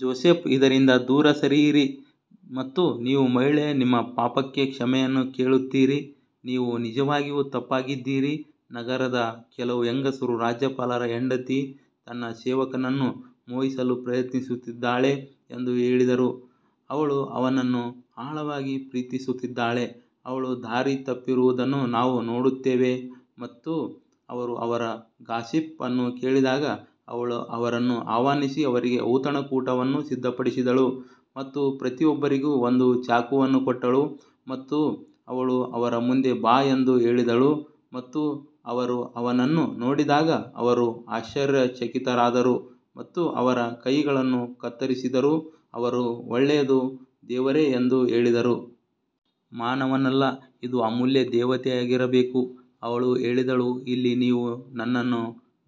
Joseph ಇದರಿಂದ ದೂರ ಸರಿಯಿರಿ ಮತ್ತು ನೀವು ಮಹಿಳೆ ನಿಮ್ಮ ಪಾಪಕ್ಕೆ ಕ್ಷಮೆಯನ್ನು ಕೇಳುತ್ತೀರಿ, ನೀವು ನಿಜವಾಗಿಯೂ ತಪ್ಪಾಗಿದ್ದೀರಿ ನಗರದ ಕೆಲವು ಹೆಂಗಸರು ರಾಜ್ಯಪಾಲರ ಹೆಂಡತಿ ತನ್ನ ಸೇವಕನನ್ನು ಮೋಹಿಸಲು ಪ್ರಯತ್ನಿಸುತ್ತಿದ್ದಾಳೆ ಎಂದು ಹೇಳಿದರು ಅವಳು ಅವನನ್ನು ಆಳವಾಗಿ ಪ್ರೀತಿಸುತ್ತಿದ್ದಾಳೆ ಅವಳು ದಾರಿ ತಪ್ಪಿರುವುದನ್ನು ನಾವು ನೋಡುತ್ತೇವೆ ಮತ್ತು ಅವರು ಅವರ ಗಾಸಿಪ್ ಅನ್ನು ಕೇಳಿದಾಗ ಅವಳು ಅವರನ್ನು ಆಹ್ವಾನಿಸಿ ಅವರಿಗೆ ಔತಣಕೂಟವನ್ನು ಸಿದ್ಧಪಡಿಸಿದಳು ಮತ್ತು ಪ್ರತಿಯೊಬ್ಬರಿಗೂ ಒಂದು ಚಾಕುವನ್ನು ಕೊಟ್ಟಳು ಮತ್ತು ಅವಳು ಅವರ ಮುಂದೆ ಬಾ ಎಂದು ಹೇಳಿದಳು ಮತ್ತು ಅವರು ಅವನನ್ನು ನೋಡಿದಾಗ ಅವರು ಆಶ್ಚರ್ಯಚಕಿತರಾದರು ಮತ್ತು ಅವರ ಕೈಗಳನ್ನು ಕತ್ತರಿಸಿದರು ಅವರು ಒಳ್ಳೆಯದು ದೇವರೇ ಎಂದು ಹೇಳಿದರು. ಮಾನವನಲ್ಲ, ಇದು ಅಮೂಲ್ಯ ದೇವತೆಯಾಗಿರಬೇಕು ಅವಳು ಹೇಳಿದಳು ಇಲ್ಲಿ ನೀವು ನನ್ನನ್ನು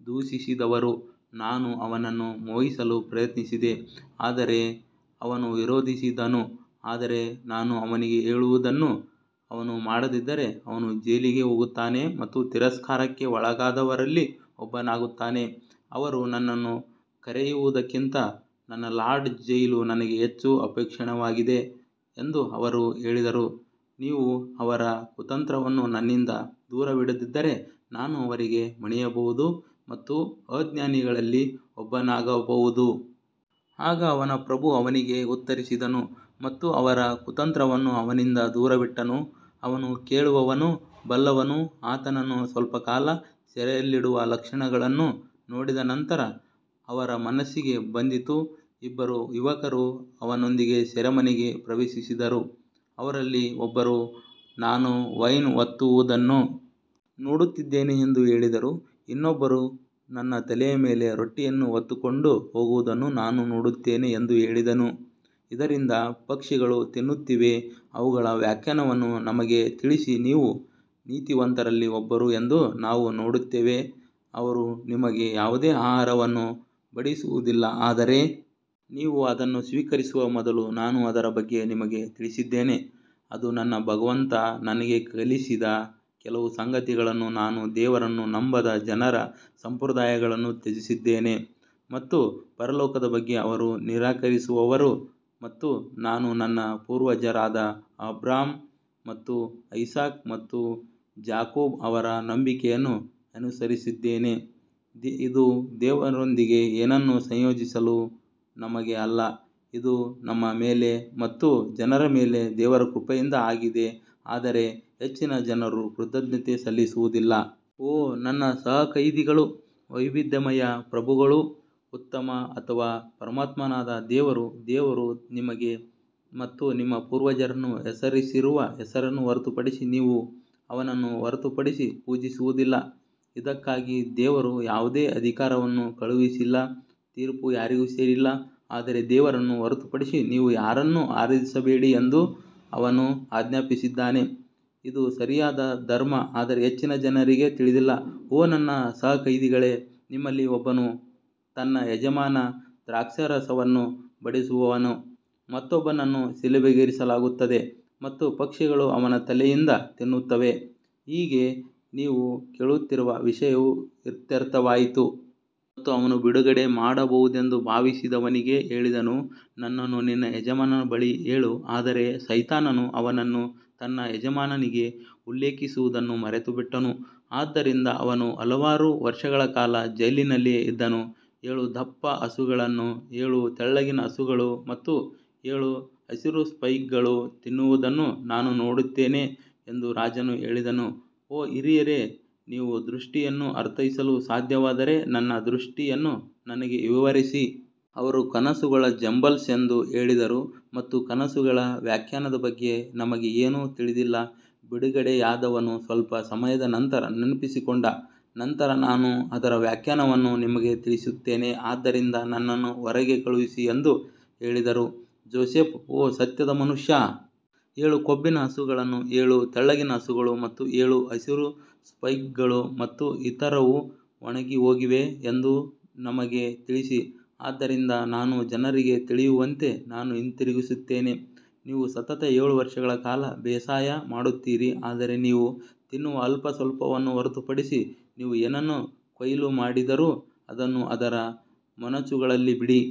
ದೂಷಿಸಿದವರು ನಾನು ಅವನನ್ನು ಮೋಹಿಸಲು ಪ್ರಯತ್ನಿಸಿದೆ ಆದರೆ ಅವನು ವಿರೋಧಿಸಿದನು ಆದರೆ ನಾನು ಅವನಿಗೆ ಹೇಳುವುದನ್ನು ಅವನು ಮಾಡದಿದ್ದರೆ ಅವನು ಜೈಲಿಗೆ ಹೋಗುತ್ತಾನೆ ಮತ್ತು ತಿರಸ್ಕಾರಕ್ಕೆ ಒಳಗಾದವರಲ್ಲಿ ಒಬ್ಬನಾಗುತ್ತಾನೆ. ಅವರು ನನ್ನನ್ನು ಕರೆಯುವುದಕ್ಕಿಂತ ನನ್ನ ಲಾರ್ಡ್ ಜೈಲು ನನಗೆ ಹೆಚ್ಚು ಅಪೇಕ್ಷಣೀಯವಾಗಿದೆ ಎಂದು ಅವರು ಹೇಳಿದರು, ನೀವು ಅವರ ಕುತಂತ್ರವನ್ನು ನನ್ನಿಂದ ದೂರವಿಡದಿದ್ದರೆ ನಾನು ಅವರಿಗೆ ಮಣಿಯಬಹುದು ಮತ್ತು ಅಜ್ಞಾನಿಗಳಲ್ಲಿ ಒಬ್ಬನಾಗಬಹುದು. ಆಗ ಅವನ ಪ್ರಭು ಅವನಿಗೆ ಉತ್ತರಿಸಿದನು ಮತ್ತು ಅವರ ಕುತಂತ್ರವನ್ನು ಅವನಿಂದ ದೂರವಿಟ್ಟನು, ಅವನು ಕೇಳುವವನು ಬಲ್ಲವನು ಆತನನ್ನು ಸ್ವಲ್ಪ ಕಾಲ ಸೆರೆಯಲ್ಲಿಡುವ ಲಕ್ಷಣಗಳನ್ನು ನೋಡಿದ ನಂತರ ಅವರ ಮನಸ್ಸಿಗೆ ಬಂದಿತು ಇಬ್ಬರು ಯುವಕರು ಅವನೊಂದಿಗೆ ಸೆರೆಮನೆಗೆ ಪ್ರವೇಶಿಸಿದರು ಅವರಲ್ಲಿ ಒಬ್ಬರು ನಾನು ವೈನ್ ಒತ್ತುವುದನ್ನು ನೋಡುತ್ತಿದ್ದೇನೆ ಎಂದು ಹೇಳಿದರು ಇನ್ನೊಬ್ಬರು ನನ್ನ ತಲೆಯ ಮೇಲೆ ರೊಟ್ಟಿಯನ್ನು ಹೊತ್ತುಕೊಂಡು ಹೋಗುವುದನ್ನು ನಾನು ನೋಡುತ್ತೇನೆ ಎಂದು ಹೇಳಿದನು ಇದರಿಂದ ಪಕ್ಷಿಗಳು ತಿನ್ನುತ್ತಿವೆ ಅವುಗಳ ವ್ಯಾಖ್ಯಾನವನ್ನು ನಮಗೆ ತಿಳಿಸಿ ನೀವು ನೀತಿವಂತರಲ್ಲಿ ಒಬ್ಬರು ಎಂದು ನಾವು ನೋಡುತ್ತೇವೆ ಅವರು ನಿಮಗೆ ಯಾವುದೇ ಆಹಾರವನ್ನು ಬಡಿಸುವುದಿಲ್ಲ ಆದರೆ ನೀವು ಅದನ್ನು ಸ್ವೀಕರಿಸುವ ಮೊದಲು ನಾನು ಅದರ ಬಗ್ಗೆ ನಿಮಗೆ ತಿಳಿಸಿದ್ದೇನೆ ಅದು ನನ್ನ ಭಗವಂತ ನನಗೆ ಕಲಿಸಿದ ಕೆಲವು ಸಂಗತಿಗಳನ್ನು ನಾನು ದೇವರನ್ನು ನಂಬದ ಜನರ ಸಂಪ್ರದಾಯವನ್ನು ತ್ಯಜಿಸಿದ್ದೇನೆ ಮತ್ತು ಪರಲೋಕದ ಬಗ್ಗೆ ಅವರು ನಿರಾಕರಿಸುವವರು ಮತ್ತು ನಾನು ನನ್ನ ಪೂರ್ವಜರಾದ ಅಬ್ರಹಾಂ ಮತ್ತು ಐಸಾಕ್ ಮತ್ತು ಜಾಕೋಬ್ ಅವರ ನಂಬಿಕೆಯನ್ನು ಅನುಸರಿಸಿದ್ದೇನೆ, ಇದು ದೇವರೊಂದಿಗೆ ಏನನ್ನೂ ಸಂಯೋಜಿಸಲು ನಮಗೆ ಅಲ್ಲ, ಇದು ನಮ್ಮ ಮೇಲೆ ಮತ್ತು ಜನರ ಮೇಲೆ ದೇವರ ಕೃಪೆಯಿಂದ ಆಗಿದೆ ಆದರೆ ಹೆಚ್ಚಿನ ಜನರು ಕೃತಜ್ಞತೆ ಸಲ್ಲಿಸುವುದಿಲ್ಲ. ಓ ನನ್ನ ಸಹ ಕೈದಿಗಳು ವೈವಿಧ್ಯಮಯ ಪ್ರಭುಗಳು ಉತ್ತಮ ಅಥವಾ ಪರಮಾತ್ಮನಾದ ದೇವರು ದೇವರು ನಿಮಗೆ ಮತ್ತು ನಿಮ್ಮ ಪೂರ್ವಜರನ್ನು ಹೆಸರಿಸಿರುವ ಹೆಸರನ್ನು ಹೊರತುಪಡಿಸಿ ನೀವು ಅವನನ್ನು ಹೊರತುಪಡಿಸಿ ಪೂಜಿಸುವುದಿಲ್ಲ, ಇದಕ್ಕಾಗಿ ದೇವರು ಯಾವುದೇ ಅಧಿಕಾರವನ್ನು ಕಳುಹಿಸಿಲ್ಲ ತೀರ್ಪು ಯಾರಿಗೂ ಸೇರಿಲ್ಲ ಆದರೆ ದೇವರನ್ನು ಹೊರತುಪಡಿಸಿ ನೀವು ಯಾರನ್ನೂ ಆರಾಧಿಸಬೇಡಿ ಎಂದು ಅವನು ಆಜ್ಞಾಪಿಸಿದ್ದಾನೆ ಇದು ಸರಿಯಾದ ಧರ್ಮ ಆದರೆ ಹೆಚ್ಚಿನ ಜನರಿಗೆ ತಿಳಿದಿಲ್ಲ ಓ ನನ್ನ ಸಹ ಕೈದಿಗಳೇ ನಿಮ್ಮಲ್ಲಿ ಒಬ್ಬನು ತನ್ನ ಯಜಮಾನ ದ್ರಾಕ್ಷಾರಸವನ್ನು ಬಡಿಸುವನು, ಮತ್ತೊಬ್ಬನನ್ನು ಶಿಲುಬೆಗೇರಿಸಲಾಗುತ್ತದೆ ಮತ್ತು ಪಕ್ಷಿಗಳು ಅವನ ತಲೆಯಿಂದ ತಿನ್ನುತ್ತವೆ, ಹೀಗೆ ನೀವು ಕೇಳುತ್ತಿರುವ ವಿಷಯವು ಇತ್ಯರ್ಥವಾಯಿತು. ಮತ್ತು ಅವನು ಬಿಡುಗಡೆ ಮಾಡಬಹುದೆಂದು ಭಾವಿಸಿದವನಿಗೆ ಹೇಳಿದನು, ನನ್ನನ್ನು ನಿನ್ನ ಯಜಮಾನನ ಬಳಿ ಹೇಳು ಆದರೆ ಸೈತಾನನು ಅವನನ್ನು ತನ್ನ ಯಜಮಾನನಿಗೆ ಉಲ್ಲೇಖಿಸುವುದನ್ನು ಮರೆತುಬಿಟ್ಟನು ಆದ್ದರಿಂದ ಅವನು ಹಲವಾರು ವರ್ಷಗಳ ಕಾಲ ಜೈಲಿನಲ್ಲಿಯೇ ಇದ್ದನು. ಏಳು ದಪ್ಪ ಹಸುಗಳನ್ನು ಏಳು ತೆಳ್ಳಗಿನ ಹಸುಗಳು ಮತ್ತು ಏಳು ಹಸಿರು ಸ್ಪೈಕ್ಗಳು ತಿನ್ನುವುದನ್ನು ನಾನು ನೋಡುತ್ತೇನೆ ಎಂದು ರಾಜನು ಹೇಳಿದನು, ಓ ಹಿರಿಯರೇ, ನೀವು ದೃಷ್ಟಿಯನ್ನು ಅರ್ಥೈಸಲು ಸಾಧ್ಯವಾದರೆ ನನ್ನ ದೃಷ್ಟಿಯನ್ನು ನನಗೆ ವಿವರಿಸಿ. ಅವರು ಕನಸುಗಳ ಜಂಬಲ್ಸ್ ಎಂದು ಹೇಳಿದರು ಮತ್ತು ಕನಸುಗಳ ವ್ಯಾಖ್ಯಾನದ ಬಗ್ಗೆ ನಮಗೆ ಏನೂ ತಿಳಿದಿಲ್ಲ ಬಿಡುಗಡೆಯಾದವನು ಸ್ವಲ್ಪ ಸಮಯದ ನಂತರ ನೆನಪಿಸಿಕೊಂಡ ನಂತರ ನಾನು ಅದರ ವ್ಯಾಖ್ಯಾನವನ್ನು ನಿಮಗೆ ತಿಳಿಸುತ್ತೇನೆ ಆದ್ದರಿಂದ ನನ್ನನ್ನು ಹೊರಗೆ ಕಳುಹಿಸಿ ಎಂದು ಹೇಳಿದರು ಜೋಸೆಫ್ ಓ ಸತ್ಯದ ಮನುಷ್ಯ ಏಳು ಕೊಬ್ಬಿನ ಹಸುಗಳನ್ನು ಏಳು ತೆಳ್ಳಗಿನ ಹಸುಗಳು ಮತ್ತು ಏಳು ಹಸಿರು ಸ್ಪೈಕ್ಗಳು ಮತ್ತು ಇತರವು ಒಣಗಿಹೋಗಿವೆ ಎಂದು ನಮಗೆ ತಿಳಿಸಿ, ಆದ್ದರಿಂದ ನಾನು ಜನರಿಗೆ ತಿಳಿಯುವಂತೆ ನಾನು ಹಿಂತಿರುಗುತ್ತೇನೆ ನೀವು ಸತತ ಏಳು ವರ್ಷಗಳ ಕಾಲ ಬೇಸಾಯ ಮಾಡುತ್ತೀರಿ ಆದರೆ ನೀವು ತಿನ್ನುವ ಅಲ್ಪಸ್ವಲ್ಪವನ್ನು ಹೊರತುಪಡಿಸಿ ನೀವು ಏನನ್ನು ಕೊಯ್ಲು ಮಾಡಿದರೂ ಅದನ್ನು ಅದರ ಮೊನಚುಗಳಲ್ಲಿ ಬಿಡಿ.